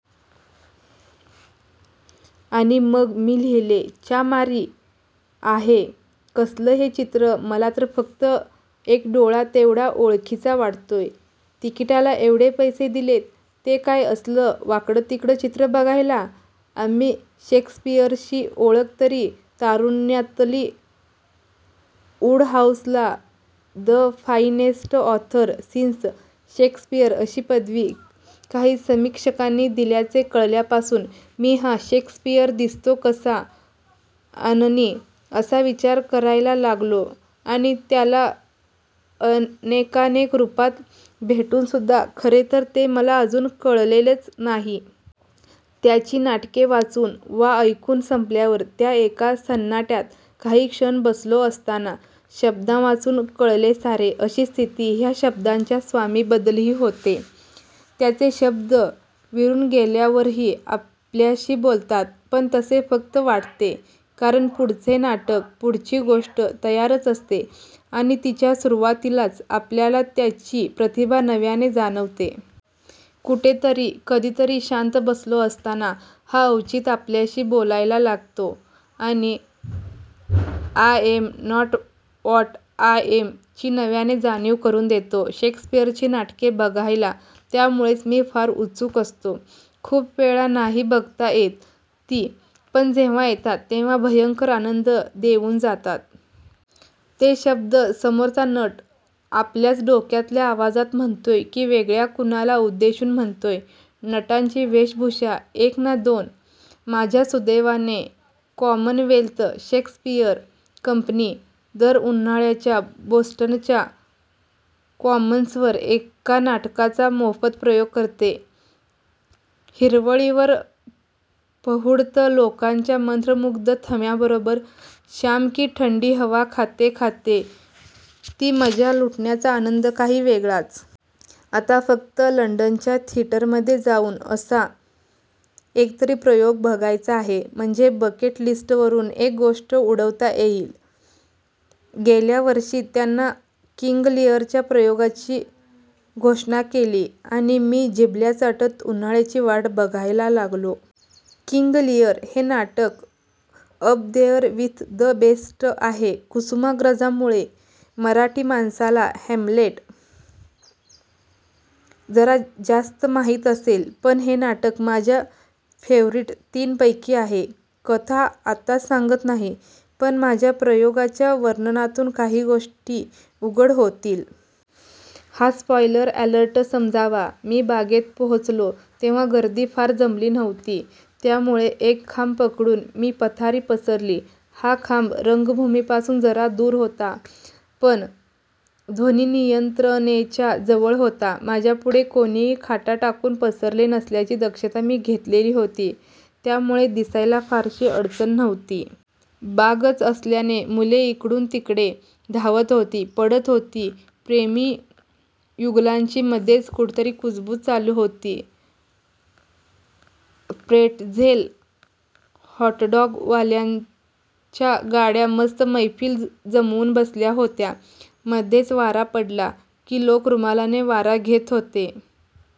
आणि मग मी लिहिले "च्यामारी!!! आहे कसलं हे चित्र? मला तर फक्त एक डोळा तेवढा ओळखीचा वाटतोय. तिकीटाला एवढे पैसे दिलेत ते काय असलं वाकडंतिकडं चित्र बघायला! माझी शेक्सपीअरशी ओळख तशी तारूण्यातली. वूडहाऊसला 'the finest author since Shakespeare' अशी पदवी काही समीक्षकांनी दिल्याचे कळाल्यापासून मी हा शेक्सपीअर 'दिसतो कसा आननी' असा विचार करायला लागलो, आणि त्याला अनेकानेक रूपांत भेटूनसुद्धा खरेतर ते मला अजून कळलेलेच नाही. त्याची नाटके वाचून वा ऐकून संपल्यावर त्या एका सन्नाट्यात काही क्षण बसलो असताना 'शब्दांवाचून कळले सारे' अशी स्थिती ह्या शब्दांच्या स्वामीबद्दलही होते. त्याचे शब्द विरून गेल्यावरही आपल्याशी बोलतात. पण तसे फक्त वाटते. कारण पुढचे नाटक, पुढची गोष्ट तयारच असते, आणि तिच्या सुरवातीलाच आपल्याला त्याची प्रतिभा नव्याने जाणवते. कुठेतरी कधीतरी शांत बसलो असताना हा अवचित आपल्याशी बोलायला लागतो, आणि 'I am not what I am' ची नव्याने जाणीव करून देतो. शेक्सपीअरची नाटके बघायला त्यामुळेच मी फार उत्सुक असतो. खूप वेळा नाही बघता येत ती, पण जेव्हा येतात, तेव्हा भयंकर आनंद देऊन जातात. ते शब्द समोरचा नट आपल्याच डोक्यातल्या आवाजात म्हणतोय की वेगळ्या, कुणाला उद्देशून म्हणतोय, नटांची वेशभूषाएक ना दोन! माझ्या सुदैवाने 'कॉमनवेल्थ शेक्सपीअर कंपनी' दर उन्हाळ्यात बोस्टनच्या कॉमन्सवर एका नाटकाचा मोफत प्रयोग करते. हिरवळीवर पहुडत लोकांच्या मंत्रमुग्ध थव्यांबरोबर शाम की ठंडी हवा खाते खाते ती मजा लुटण्याचा आनंद काही वेगळाच! आता फक्त लंडनच्या थिएटरमध्ये जाऊन असा एकतरी प्रयोग बघायचा आहे, म्हणजे बकेट लिस्टवरून एक गोष्ट उडवता येईल. गेल्या वर्षी त्यांनी किंग लीअरच्या प्रयोगाची घोषणा केली आणि मी जिभल्या चाटत उन्हाळ्याची वाट बघायला लागलो. किंग लीअर हे नाटक 'up there with the best' आहे. कुसुमाग्रजांमुळे मराठी माणसाला हॅम्लेट जरा जास्त माहीत असेल, पण हे नाटक माझ्या फेवरीट तीनपैकी आहे. कथा आताच सांगत नाही, पण माझ्या प्रयोगाच्या वर्णनातून काही गोष्टी उघड होतील. हा स्पॉइलर अॅलर्ट समजावा. मी बागेत पोहोचलो, तेव्हा गर्दी फार जमली नव्हती. त्यामुळे एक खांब पकडून मी पथारी पसरली. हा खांब रंगभूमीपासून जरा दूर होता, पण ध्वनियंत्रणेच्या जवळ होता. माझ्यापुढे कोणीही खाटा टाकून पसरले नसल्याची दक्षता मी घेतलेली होती, त्यामुळे दिसायला फारशी अडचण नव्हती. बागच असल्याने मुले इकडून तिकडे धावत होती, पडत होती. प्रेमी युगुलांची मध्येच कुठेतरी कुजबूज चालू होती. प्रेट्झेल-हॉटडॉगवाल्यांच्या गाड्या मस्त मैफिल जमवून बसल्या होत्या. मध्येच वारा पडला, की लोक रुमालाने वारा घेत होते.